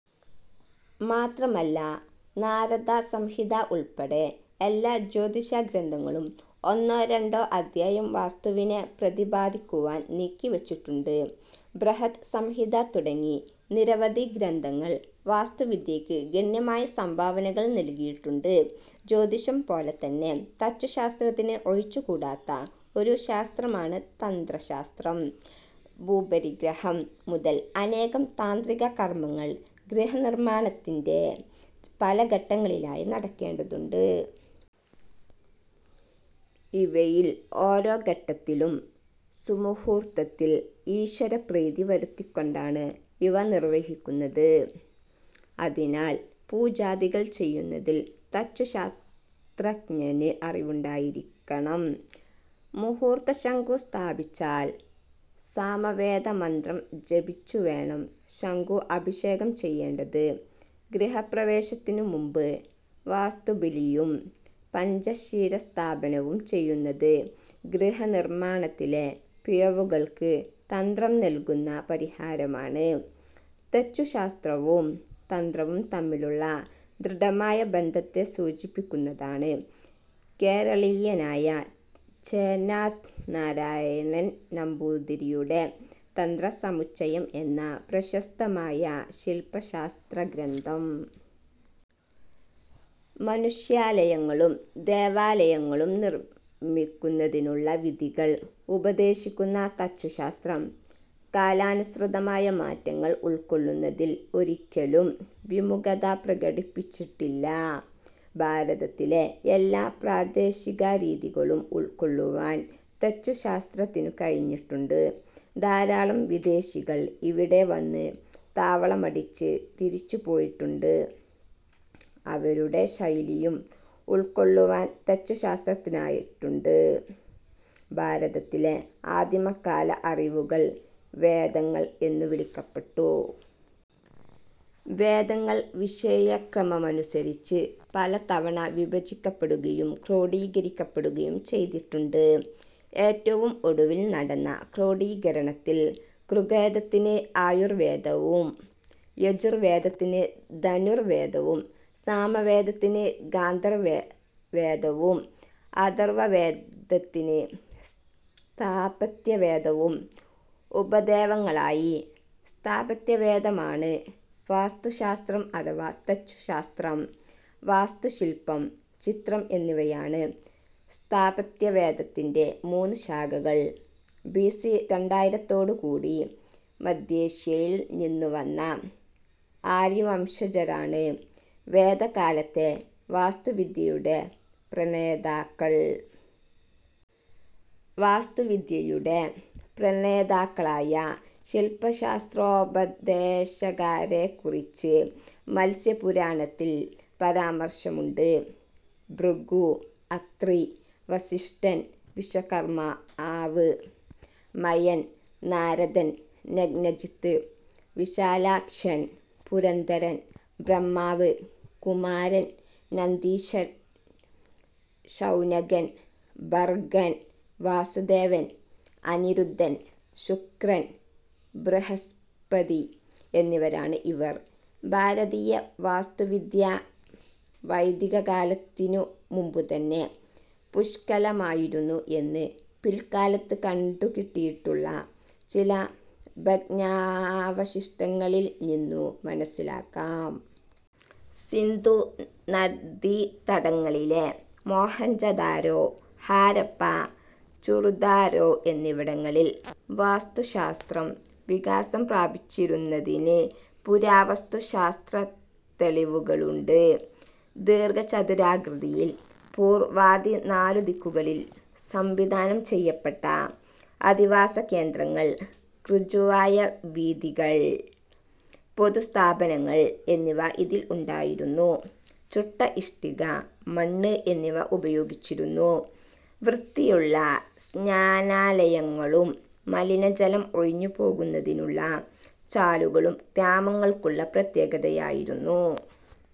മാത്രമല്ല നാരദസംഹിത ഉൾപ്പെടെ എല്ലാ ജ്യോതിഷ ഗ്രന്ഥങ്ങളും ഒന്നോ രണ്ടോ അധ്യായം വാസ്തുവിനെ പ്രതിപാദിക്കുവാൻ നീക്കിവച്ചിട്ടുണ്ട്. ബൃഹത് സംഹിത തുടങ്ങി നിരവധി ഗ്രന്ഥങ്ങൾ വാസ്തുവിദ്യയ്ക്ക് ഗണ്യമായ സംഭാവനകൾ നല്കിയിട്ടുണ്ട്. ജ്യോതിഷംപോലെതന്നെ തച്ചുശാസ്ത്രത്തിന് ഒഴിച്ചുകൂടാത്ത ഒരു ശാസ്ത്രമാണ് തന്ത്രശാസ്ത്രം. ഭൂപരിഗ്രഹം മുതൽ അനേകം താന്ത്രിക കർമങ്ങൾ ഗൃഹനിർമ്മാണത്തിന്റെ പല ഘട്ടങ്ങളിലായി നടക്കേണ്ടതുണ്ട്. ഇവയിൽ ഓരോ ഘട്ടത്തിലും സുമുഹൂർത്തത്തിൽ ഈശ്വരപ്രീതി വരുത്തിക്കൊണ്ടാണ് ഇവ നിർവഹിക്കുന്നത്. അതിനാൽ പൂജാദികൾ ചെയ്യുന്നതിൽ തച്ചുശാസ്ത്രജ്ഞന് അറിവുണ്ടായിരിക്കണം. മുഹൂർത്തശങ്കു സ്ഥാപിച്ചാൽ സാമവേദമന്ത്രം ജപിച്ചുവേണം ശങ്കു അഭിഷേകം ചെയ്യേണ്ടത്. ഗൃഹപ്രവേശത്തിനു മുൻപ് വാസ്തുബലിയും പഞ്ച ശിരസ്ഥാപനവും ചെയ്യുന്നത് ഗൃഹനിർമ്മാണത്തിലെ പിഴവുകൾക്ക് തന്ത്രം നല്കുന്ന പരിഹാരമാണ്. തച്ചുശാസ്ത്രവും തന്ത്രവും തമ്മിലുള്ള ദൃഢമായ ബന്ധത്തെ സൂചിപ്പിക്കുന്നതാണ്, കേരളീയനായ ചേന്നാസ് നാരായണൻ നമ്പൂതിരിയുടെ തന്ത്രസമുച്ചയം എന്ന പ്രശസ്തമായ ശില്പശാസ്ത്രഗ്രന്ഥം. മനുഷ്യാലയങ്ങളും ദേവാലയങ്ങളും നിർമ്മിക്കുന്നതിനുള്ള വിധികൾ ഉപദേശിക്കുന്ന തച്ചുശാസ്ത്രം കാലാനുസൃതമായ മാറ്റങ്ങൾ ഉൾക്കൊള്ളുന്നതിൽ ഒരിക്കലും വിമുഖത പ്രകടിപ്പിച്ചിട്ടില്ല. ഭാരതത്തിലെ എല്ലാ പ്രാദേശികരീതികളും ഉൾക്കൊള്ളുവാൻ തച്ചുശാസ്ത്രത്തിനു കഴിഞ്ഞിട്ടുണ്ട്. ധാരാളം വിദേശികൾ ഇവിടെ വന്ന് താവളമടിച്ച് തിരിച്ചു പോയിട്ടുണ്ട്. അവരുടെ ശൈലിയും ഉൾക്കൊള്ളുവാൻ തച്ചുശാസ്ത്രത്തിനായിട്ടുണ്ട്. ഭാരതത്തിന്റെ ആദിമകാല അറിവുകൾ വേദങ്ങൾ എന്നു വിളിക്കപ്പെട്ടു. വേദങ്ങൾ വിഷയക്രമമനുസരിച്ച് പലതവണ വിഭജിക്കപ്പെടുകയും ക്രോഡീകരിക്കപ്പെടുകയും ചെയ്തിട്ടുണ്ട്. ഏറ്റവും ഒടുവിൽ നടന്ന ക്രോഡീകരണത്തിൽ, ഋഗ്വേദത്തിന് ആയുർവേദവും യജുർവേദത്തിന് ധനുർവേദവും, സാമവേദത്തിന് ഗാന്ധർവവേദവും, അഥർവവേദത്തിന് സ്ഥാപത്യവേദവും ഉപവേദങ്ങളായി. സ്ഥാപത്യവേദമാണ് വാസ്തുശാസ്ത്രം അഥവാ തച്ചുശാസ്ത്രം. വാസ്തുശില്പം, ചിത്രം എന്നിവയാണ് സ്ഥാപത്യവേദത്തിന്റെ മൂന്ന് ശാഖകൾ. ബി. സി. രണ്ടായിരത്തോടുകൂടി മധ്യേഷ്യയിൽ നിന്നുവന്ന ആര്യവംശജരാണ് വേദകാലത്തെ വാസ്തുവിദ്യയുടെ പ്രണേതാക്കൾ. വാസ്തുവിദ്യയുടെ പ്രണേതാക്കളായ ശില്പശാസ്ത്രോപദേശകരെക്കുറിച്ച് മത്സ്യപുരാണത്തിൽ പരാമർശമുണ്ട്. ഭൃഗു, അത്രി, വസിഷ്ഠൻ, വിശ്വകർമാവ്, മയൻ, നാരദൻ, നഗ്നജിത്ത്, വിശാലാക്ഷൻ, പുരന്ദരൻ, ബ്രഹ്മാവ്, കുമാരൻ, നന്ദീശൻ, ശൗനകൻ, ഭർഗൻ, വാസുദേവൻ, അനിരുദ്ധൻ, ശുക്രൻ, ബൃഹസ്പതി എന്നിവരാണ് ഇവർ. ഭാരതീയ വാസ്തുവിദ്യ വൈദികകാലത്തിനു മുമ്പുതന്നെ പുഷ്കലമായിരുന്നു എന്ന് പില്ക്കാലത്ത് കണ്ടുകിട്ടിയിട്ടുള്ള ചില ഭഗ്നാവശിഷ്ടങ്ങളിൽ നിന്നു മനസ്സിലാക്കാം. സിന്ധു നദീതടങ്ങളി ലെ മോഹൻജദാരോ, ഹാരപ്പാ, ചുറുദാരോ എന്നിവിടങ്ങളിൽ വാസ്തുശാസ്ത്രം വികാസം പ്രാപിച്ചിരുന്നതിന് പുരാവസ്തു ശാസ്ത്രത്തെളിവുകളുണ്ട്. ദീർഘ ചതുരാകൃതിയിൽ പൂർവാദി നാലു ദിക്കുകളിൽ സംവിധാനം ചെയ്യപ്പെട്ട അധിവാസകേന്ദ്രങ്ങൾ, ഋജുവായ വീഥികൾ, പൊതുസ്ഥാപനങ്ങൾ എന്നിവ ഇതിൽ ഉണ്ടായിരുന്നു. ചുട്ട ഇഷ്ടിക, മണ്ണ് എന്നിവ ഉപയോഗിച്ചിരുന്നു. വൃത്തിയുള്ള സ്നാനാലയങ്ങളും മലിനജലം ഒഴിഞ്ഞു പോകുന്നതിനുള്ള ചാലുകളും ഗ്രാമങ്ങൾക്കുള്ള പ്രത്യേകതയായിരുന്നു.